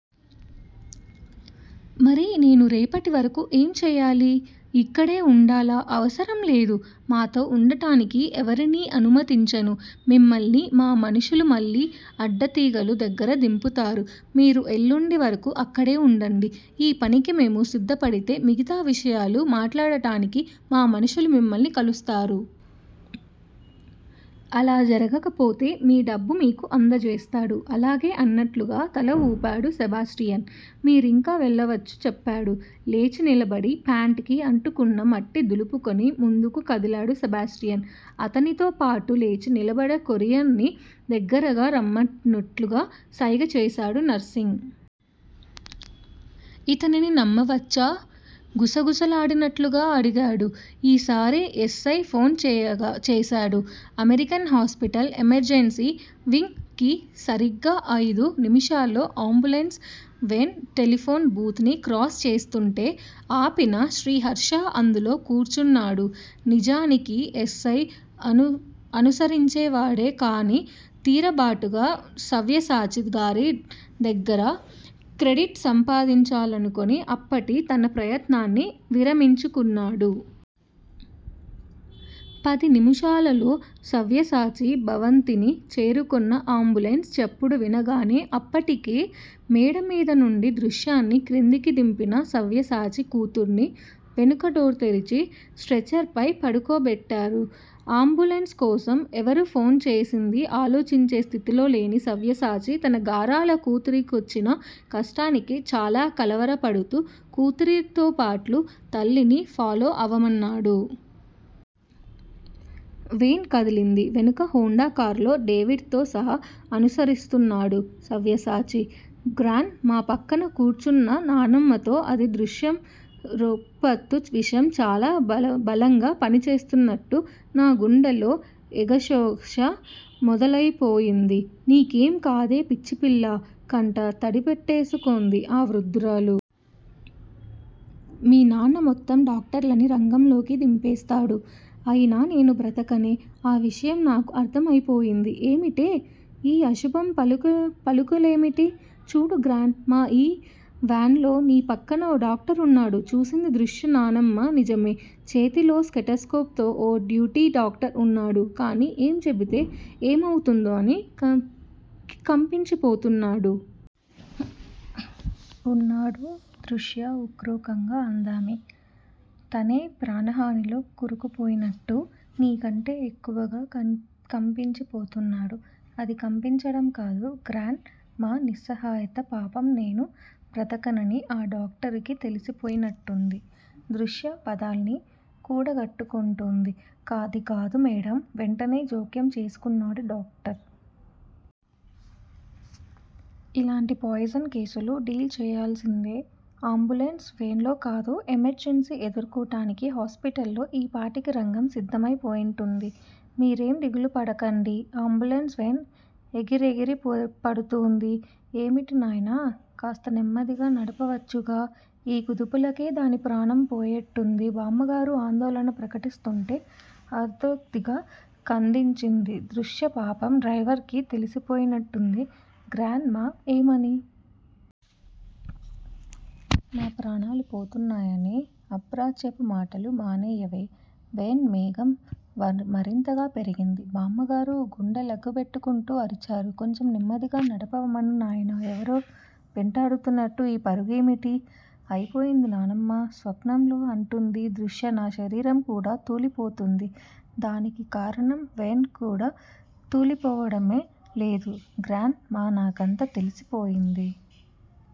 మరి నేను రేపటివరకు ఏం చెయ్యాలి? ఇక్కడే వుండాలా? అవసరం లేదు. మాతో వుండటానికి ఎవరినీ అనుమతించను. మిమ్మల్ని మా మనుషులు మళ్ళీ అడ్డతీగల దగ్గర దింపుతారు. మీరు ఎల్లుండి వరకు అక్కడే వుండండి. ఈ పనికి మేము సిద్ధపడితే మిగతా విషయాలు మాట్లాడటానికి మా మనుషులు మిమ్మల్ని కలుస్తారు. అలా జరగకపోతే మీ డబ్బు మీకు అందజేస్తారు. అలాగే అన్నట్లుగా తల వూపాడు సెబాస్టియన్. మీరింక వెళ్ళావచ్చు చెప్పాడు. లేచి నిలబడి ప్యాంట్ కి అంటుకున్న మట్టి దులుపుకొని ముందుకు కదిలాడు సెబాస్టియన్. అతనితో పాటే లేచి నిలబడిన కొరియన్ ని దగ్గరకు రమ్మన్నట్లుగా సైగ చేశాడు నర్సింగ్. ఇతనిని నమ్మవచ్చా? గుసగుసలాడినట్లుగా అడిగాడు. ఈసారి యస్సై ఫోన్ చేశాడు అమెరికన్ హాస్పటల్ ఎమర్జన్సీ వింగ్ కి. సరిగ్గా అయిదు నిమిషాలలో అంబులెన్స్ వేన్ టెలిఫోన్ బూత్ ని క్రాస్ చేస్తుంటే ఆపిన శ్రీహర్ష అందులో కూర్చున్నాడు నిజానికి యస్సై అనుసరించేవాడే కాని తీరుబాటుగా సవ్యసాచి గారి దగ్గర క్రెడిట్ సంపాదించాలనుకుని అప్పటి తన ప్రయత్నాన్ని విరమించుకున్నాడు. పది నిముషాలలో సవ్యసాచి భవంతిని చేరుకున్న అంబులెన్స్ చప్పుడు వినగానే అప్పటికే మేడమీదనుంచి దృశ్యని క్రిందికి దింపిన సవ్యసాచి కూతుర్ని వెనుక డోర్ తెరిచి స్ట్రెచర్ పై పడుకోబెట్టాడు. అంబులెన్స్ కోసం ఎవరు ఫోన్ చేసిందీ ఆలోచించే స్థితిలో లేని సవ్యసాచి తన గారాల కూతురికొచ్చిన కష్టానికి చాలా కలవరపడుతూ కూతురితోబాటు తల్లిని ఫాలో అవమన్నాడు. వేన్ కదలింది. వెనుక హోండా కారులో డేవిడ్ తో సహా అనుసరిస్తున్నాడు సవ్యసాచి. గ్రాండ్ మా పక్కన కూర్చున్న నానమ్మతో అంది దృశ్య రొప్పుతూ విషం చాలా బలంగా పనిచేస్తున్నట్టు నా గుండెలో ఎగశోష మొదలయిపోయింది. నీకేం కాదే పిచ్చిపిల్లా కంట తడిపెట్టేసుకుంటోంది ఆ వృద్ధురాలు. మీ నాన్న మొత్తం డాక్టర్లని రంగంలోకి దింపేస్తాడు అయినా నేను బ్రతకనే. ఆ విషయం నాకు అర్థమైపోయింది ఏమిటే. ఈ అశుభం పలుకులేమిటి? చూడు గ్రాండ్ మా ఈ వేన్ లో నీ పక్కన ఓ డాక్టరున్నాడా. చూసింది దృశ్య నానమ్మ నిజమే. చేతిలో స్టెతస్కోప్ తో ఓ డ్యూటీ డాక్టరు వున్నాడు కాని ఏం చెబితే ఏమవుతుందో అని కంపించిపోతున్నాడు. ఉన్నాడు దృశ్యా ఉక్రోషంగా అందామె. తనే ప్రాణహానిలో కూరుకుపోయినట్టు నీ కంటే యెక్కువగా కంపించిపోతున్నాడు. అది కంపించడం కాదు గ్రాండ్ మా నిస్సహాయత పాపం నేను బ్రతకనని ఆ డాక్టరుకీ తెలిసిపోయినట్టుంది. దృశ్య పదాల్ని కూడగట్టుకుంటోంది. అది కాదు మేడమ్ వెంటనే జోక్యం చేసుకున్నాడు డాక్టర్. ఇలాంటి పాయిజన్ కేసులు డీల్ చెయ్యాల్సింది అంబులెన్స్ వేన్ లో కాదు. ఎమర్జన్సీని ఎదుర్కోటానికి హాస్పటల్ లో ఈపాటికి రంగం సిద్ధమై పోయుంటుంది. మీరేం దిగులు పడకండి. అంబులెన్స్ వేన్ ఎగిరెగిరి పడుతూంది. ఏమిటి నాయనా కాస్త నెమ్మదిగా నడపొచ్చుగా. ఈ కుదుపులకే దాని ప్రాణం పోయేట్టుంది బామ్మగారు ఆందోళన ప్రకటిస్తుంటే అర్ధోక్తిగా ఖండించింది దృశ్య పాపం డ్రయివర్ కీ తెలిసిపోయినట్టుంది గ్రాండ్ మా ఏమని. నా ప్రాణాలు పోతున్నాయని. అప్రాచ్యపు మాటలు మానేయవే. వేన్ వేగం మరింతగా పెరిగింది. బామ్మగారు గుండె లుగ్గబట్టుకుంటూ అరిచారు కొంచెం నెమ్మదిగా నడపమను నాయనా ఎవరో వెంటాడుతున్నట్టు ఈ పరుగేమిటి. అయిపోయింది నానమ్మా స్వప్నంలోలా అంటూంది దృశ్య నా శరీరం కూడా తూలిపోతూంది. దీనికి కారణం వేన్ కూడా తూలిపోవడమేనే లేదు గ్రాండ్ మా నాకంతా తెలిసిపోయింది.